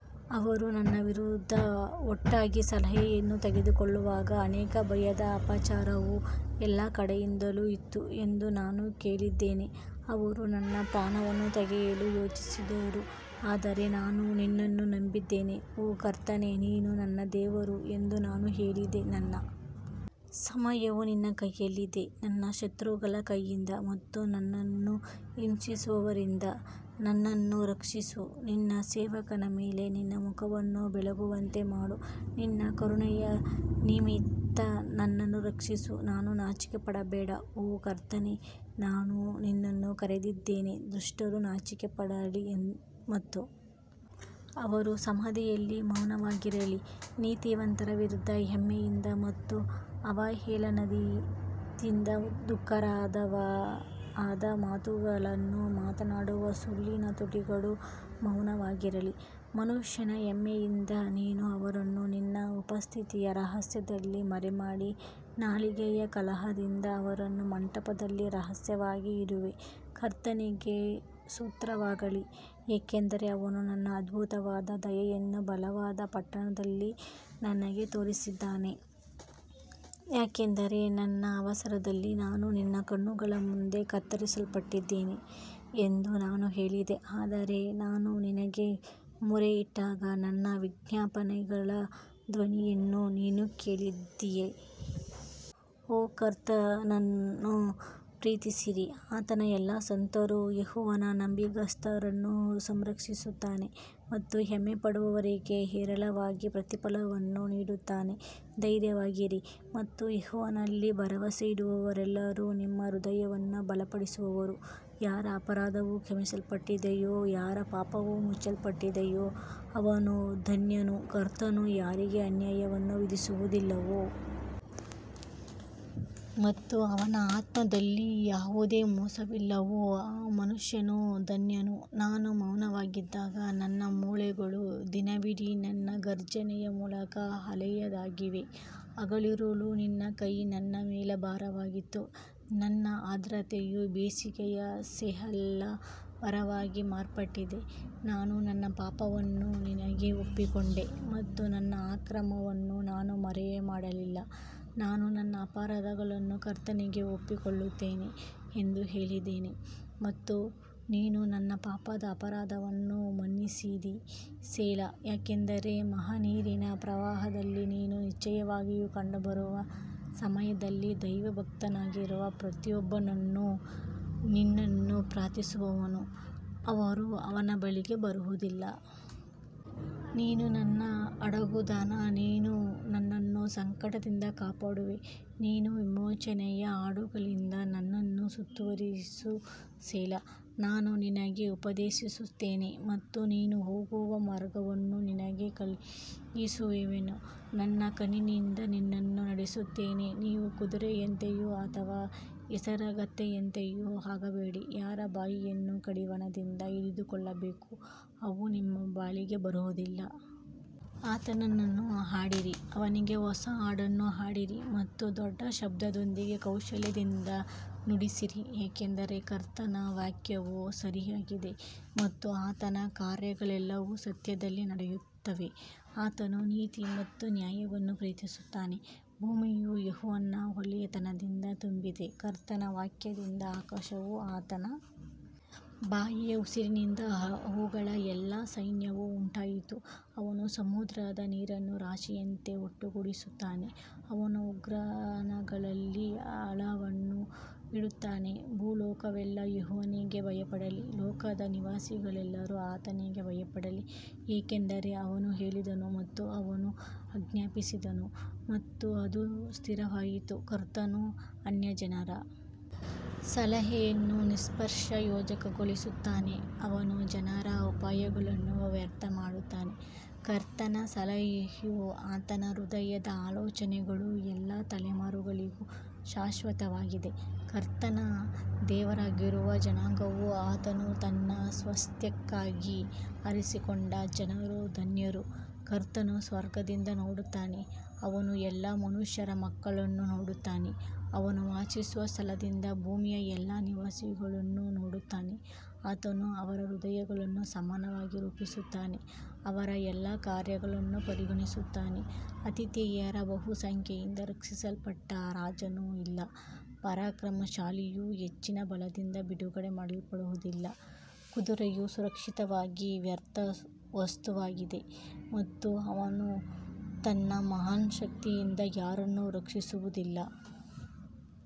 ಅವರು ನನ್ನ ವಿರುದ್ಧ ಒಟ್ಟಾಗಿ ಸಲಹೆಯನ್ನು ತೆಗೆದುಕೊಳ್ಳುವಾಗ ಅನೇಕ ಭಯದ ಅಪಪ್ರಚಾರವು ಎಲ್ಲಾ ಕಡೆಯಿಂದಲೂ ಇತ್ತು ಎಂದು ನಾನು ಕೇಳಿದ್ದೇನೆ, ಅವರು ನನ್ನ ಪ್ರಾಣವನ್ನು ತೆಗೆಯಲು ಯೋಚಿಸಿದರು ಆದರೆ ನಾನು ನಿನ್ನನ್ನು ನಂಬಿದ್ದೇನೆ ಓ ಕರ್ತನೇ, ನೀನು ನನ್ನ ದೇವರು ಎಂದು ನಾನು ಹೇಳಿದೆ ನನ್ನ ಸಮಯವು ನಿನ್ನ ಕೈಯಲ್ಲಿದೆ, ನನ್ನ ಶತ್ರುಗಳ ಕೈಯಿಂದ ಮತ್ತು ನನ್ನನ್ನು ಹಿಂಸಿಸುವವರಿಂದ ನನ್ನನ್ನು ರಕ್ಷಿಸು ನಿನ್ನ ಸೇವಕನ ಮೇಲೆ ನಿನ್ನ ಮುಖವನ್ನು ಬೆಳಗುವಂತೆ ಮಾಡು ನಿನ್ನ ಕರುಣೆಯ ನಿಮಿತ್ತ ನನ್ನನ್ನು ರಕ್ಷಿಸು ನಾನು ನಾಚಿಕೆಪಡಬೇಡ ಓ ಕರ್ತನೇ ನಾನು ನಿನ್ನನ್ನು ಕರೆದಿದ್ದೇನೆ ದುಷ್ಟರು ನಾಚಿಕೆಪಡಲಿ ಮತ್ತು ಅವರು ಸಮಾಧಿಯಲ್ಲಿ ಮೌನವಾಗಿರಲಿ ನೀತಿವಂತರ ವಿರುದ್ಧ ಹೆಮ್ಮೆಯಿಂದ ಮತ್ತು ಅವಹೇಳನದಿಂದ ದುಃಖಕರವಾದ ಮಾತುಗಳನ್ನು ಮಾತನಾಡುವ ಸುಳ್ಳಿನ ತುಟಿಗಳು ಮೌನವಾಗಿರಲಿ ಮನುಷ್ಯನ ಹೆಮ್ಮೆಯಿಂದ ನೀನು ಅವರನ್ನು ನಿನ್ನ ಉಪಸ್ಥಿತಿಯ ರಹಸ್ಯದಲ್ಲಿ ಮರೆಮಾಡಿ, ನಾಲಿಗೆಯ ಕಲಹದಿಂದ ಅವರನ್ನು ಮಂಟಪದಲ್ಲಿ ರಹಸ್ಯವಾಗಿ ಇಡುವೆ ಕರ್ತನಿಗೆ ಸ್ತೋತ್ರವಾಗಲಿ, ಏಕೆಂದರೆ ಅವನು ತನ್ನ ಅದ್ಭುತವಾದ ದಯೆಯನ್ನು ಬಲವಾದ ಪಟ್ಟಣದಲ್ಲಿ ನನಗೆ ತೋರಿಸಿದ್ದಾನೆ ಯಾಕಂದರೆ ನನ್ನ ಅವಸರದಲ್ಲಿ ನಾನು ನಿನ್ನ ಕಣ್ಣುಗಳ ಮುಂದೆ ಕತ್ತರಿಸಲ್ಪಟ್ಟಿದ್ದೇನೆ ಎಂದು ನಾನು ಹೇಳಿದೆ, ಆದರೆ ನಾನು ನಿನಗೆ ಮೊರೆಯಿಟ್ಟಾಗ ನನ್ನ ವಿಜ್ಞಾಪನೆಗಳ ಧ್ವನಿಯನ್ನು ನೀನು ಕೇಳಿದ್ದೀ. ಓ ಕರ್ತನನ್ನು ಪ್ರೀತಿಸಿರಿ, ಆತನ ಎಲ್ಲಾ ಸಂತರು, ಯೆಹೋವನು ನಂಬಿಗಸ್ತರನ್ನು ಸಂರಕ್ಷಿಸುತ್ತಾನೆ ಮತ್ತು ಹೆಮ್ಮೆಪಡುವವರಿಗೆ ಹೇರಳವಾಗಿ ಪ್ರತಿಫಲವನ್ನು ನೀಡುತ್ತಾನೆ ಧೈರ್ಯವಾಗಿರಿ ಮತ್ತು ಯೆಹೋವನಲ್ಲಿ ಭರವಸೆಯಿಡುವವರೆಲ್ಲರೂ ನಿಮ್ಮ ಹೃದಯವನ್ನು ಬಲಪಡಿಸುವರು ಯಾರ ಅಪರಾಧವು ಕ್ಷಮಿಸಲ್ಪಟ್ಟಿದೆಯೋ ಯಾರ ಪಾಪವು ಮುಚ್ಚಲ್ಪಟ್ಟಿದೆಯೋ ಅವನು ಧನ್ಯನು ಕರ್ತನು ಯಾರಿಗೆ ಅನ್ಯಾಯವನ್ನು ವಿಧಿಸುವುದಿಲ್ಲವೋ ಮತ್ತು ಅವನ ಆತ್ಮದಲ್ಲಿ ಯಾವುದೇ ಮೋಸವಿಲ್ಲವೋ ಆ ಮನುಷ್ಯನು ಧನ್ಯನು ನಾನು ಮೌನವಾಗಿದ್ದಾಗ ನನ್ನ ಮೂಳೆಗಳು ದಿನವಿಡೀ ನನ್ನ ಘರ್ಜನೆಯ ಮೂಲಕ ಹಳೆಯದಾಗಿವೆ ಹಗಲಿರುಳು ನಿನ್ನ ಕೈ ನನ್ನ ಮೇಲೆ ಭಾರವಾಗಿತ್ತು ನನ್ನ ಆರ್ದ್ರತೆಯು ಬೇಸಿಗೆಯ ಸೆಲಾಹ್ ಬರವಾಗಿ ಮಾರ್ಪಟ್ಟಿದೆ ನಾನು ನನ್ನ ಪಾಪವನ್ನು ನಿನಗೆ ಒಪ್ಪಿಕೊಂಡೆ ಮತ್ತು ನನ್ನ ಅಕ್ರಮವನ್ನು ನಾನು ಮರೆಮಾಡಲಿಲ್ಲ, ನಾನು ನನ್ನ ಅಪರಾಧಗಳನ್ನು ಕರ್ತನಿಗೆ ಒಪ್ಪಿಕೊಳ್ಳುತ್ತೇನೆ ಎಂದು ಹೇಳಿದ್ದೇನೆ ಮತ್ತು ನೀನು ನನ್ನ ಪಾಪದ ಅಪರಾಧವನ್ನು ಮನ್ನಿಸಿದಿ ಸೆಲಾ ಯಾಕಂದರೆ ಮಹಾನೀರಿನ ಪ್ರವಾಹದಲ್ಲಿ ನೀನು ನಿಶ್ಚಯವಾಗಿ ಕಂಡುಬರುವ ಸಮಯದಲ್ಲಿ ದೈವಭಕ್ತನಾಗಿರುವ ಪ್ರತಿಯೊಬ್ಬನು ನಿನ್ನನ್ನು ಪ್ರಾರ್ಥಿಸುವನು, ಅವರು ಅವನ ಬಳಿಗೆ ಬರುವುದಿಲ್ಲ. ನೀನು ನನ್ನ ಅಡಗುದಾಣ ನೀನು ನನ್ನನ್ನು ಸಂಕಟದಿಂದ ಕಾಪಾಡುವೆ ನೀನು ವಿಮೋಚನೆಯ ಹಾಡುಗಳಿಂದ ನನ್ನನ್ನು ಸುತ್ತುವರಿಸು ಸೆಲಾ ನಾನು ನಿನಗೆ ಉಪದೇಶಿಸುತ್ತೇನೆ ಮತ್ತು ನೀನು ಹೋಗುವ ಮಾರ್ಗವನ್ನು ನಿನಗೆ ಕಲಿಸುವೆನು, ನನ್ನ ಕಣ್ಣಿನಿಂದ ನಿನ್ನನ್ನು ನಡೆಸುತ್ತೇನೆ ನೀವು ಕುದುರೆಯಂತೆಯೂ ಅಥವಾ ಹೇಸರಗತ್ತೆಯಂತೆಯೂ ಆಗಬೇಡಿ, ಯಾರ ಬಾಯಿಯನ್ನು ಕಡಿವಾಣದಿಂದ ಹಿಡಿದುಕೊಳ್ಳಬೇಕು, ಅವು ನಿಮ್ಮ ಬಳಿಗೆ ಬರುವುದಿಲ್ಲ. ಆತನನ್ನು ಹಾಡಿರಿ ಅವನಿಗೆ ಹೊಸ ಹಾಡನ್ನು ಹಾಡಿರಿ ಮತ್ತು ದೊಡ್ಡ ಶಬ್ದದೊಂದಿಗೆ ಕೌಶಲ್ಯದಿಂದ ನುಡಿಸಿರಿ ಯಾಕಂದರೆ ಕರ್ತನ ವಾಕ್ಯವು ಸರಿಯಾಗಿದೆ ಮತ್ತು ಆತನ ಕಾರ್ಯಗಳೆಲ್ಲವೂ ಸತ್ಯದಲ್ಲಿ ನಡೆಯುತ್ತವೆ ಆತನು ನೀತಿ ಮತ್ತು ನ್ಯಾಯವನ್ನು ಪ್ರೀತಿಸುತ್ತಾನೆ, ಭೂಮಿಯು ಯೆಹೋವನ ಒಳ್ಳೆಯತನದಿಂದ ತುಂಬಿದೆ ಕರ್ತನ ವಾಕ್ಯದಿಂದ ಆಕಾಶವೂ ಆತನ ಬಾಯಿಯ ಉಸಿರಿನಿಂದ ಅವುಗಳ ಎಲ್ಲಾ ಸೈನ್ಯವೂ ಉಂಟಾಯಿತು ಅವನು ಸಮುದ್ರದ ನೀರನ್ನು ರಾಶಿಯಂತೆ ಒಟ್ಟುಗೂಡಿಸುತ್ತಾನೆ, ಅವನು ಉಗ್ರಾಣಗಳಲ್ಲಿ ಆಳವನ್ನು ಇಡುತ್ತಾನೆ ಭೂಲೋಕವೆಲ್ಲಾ ಯೆಹೋವನಿಗೆ ಭಯಪಡಲಿ, ಲೋಕದ ನಿವಾಸಿಗಳೆಲ್ಲರೂ ಆತನಿಗೆ ಭಯಪಡಲಿ ಯಾಕಂದರೆ ಅವನು ಹೇಳಿದನು ಮತ್ತು ಅವನು ಆಜ್ಞಾಪಿಸಿದನು ಮತ್ತು ಅದು ಸ್ಥಿರವಾಯಿತು ಕರ್ತನು ಅನ್ಯಜನರ ಸಲಹೆಯನ್ನು ನಿಷ್ಪ್ರಯೋಜಕಗೊಳಿಸುತ್ತಾನೆ, ಅವನು ಜನರ ಉಪಾಯಗಳನ್ನು ವ್ಯರ್ಥ ಮಾಡುತ್ತಾನೆ ಕರ್ತನ ಸಲಹೆಯು ಆತನ ಹೃದಯದ ಆಲೋಚನೆಗಳು ಎಲ್ಲಾ ತಲೆಮಾರುಗಳಿಗೂ ಶಾಶ್ವತವಾಗಿದೆ ಕರ್ತನ ದೇವರಾಗಿರುವ ಜನಾಂಗವೂ ಆತನು ತನ್ನ ಸ್ವಾಸ್ತ್ಯಕ್ಕಾಗಿ ಆರಿಸಿಕೊಂಡ ಜನರೂ ಧನ್ಯರು ಕರ್ತನು ಸ್ವರ್ಗದಿಂದ ನೋಡುತ್ತಾನೆ ಅವನು ಎಲ್ಲಾ ಮನುಷ್ಯರ ಮಕ್ಕಳನ್ನು ನೋಡುತ್ತಾನೆ ಅವನು ವಾಸಿಸುವ ಸ್ಥಳದಿಂದ ಭೂಮಿಯ ಎಲ್ಲಾ ನಿವಾಸಿಗಳನ್ನು ನೋಡುತ್ತಾನೆ ಆತನು ಅವರ ಹೃದಯಗಳನ್ನು ಸಮಾನವಾಗಿ ರೂಪಿಸುತ್ತಾನೆ, ಅವರ ಎಲ್ಲಾ ಕಾರ್ಯಗಳನ್ನು ಪರಿಗಣಿಸುತ್ತಾನೆ ಆತಿಥೇಯರ ಬಹುಸಂಖ್ಯೆಯಿಂದ ರಕ್ಷಿಸಲ್ಪಟ್ಟ ರಾಜನು ಇಲ್ಲ, ಪರಾಕ್ರಮಶಾಲಿಯು ಹೆಚ್ಚಿನ ಬಲದಿಂದ ಬಿಡುಗಡೆ ಮಾಡಲ್ಪಡುವುದಿಲ್ಲ ಕುದುರೆಯು ಸುರಕ್ಷತೆಗಾಗಿ ವ್ಯರ್ಥ ವಸ್ತುವಾಗಿದೆ ಮತ್ತು ಅವನು ತನ್ನ ಮಹಾನ್ ಶಕ್ತಿಯಿಂದ ಯಾರನ್ನೂ ರಕ್ಷಿಸುವುದಿಲ್ಲ.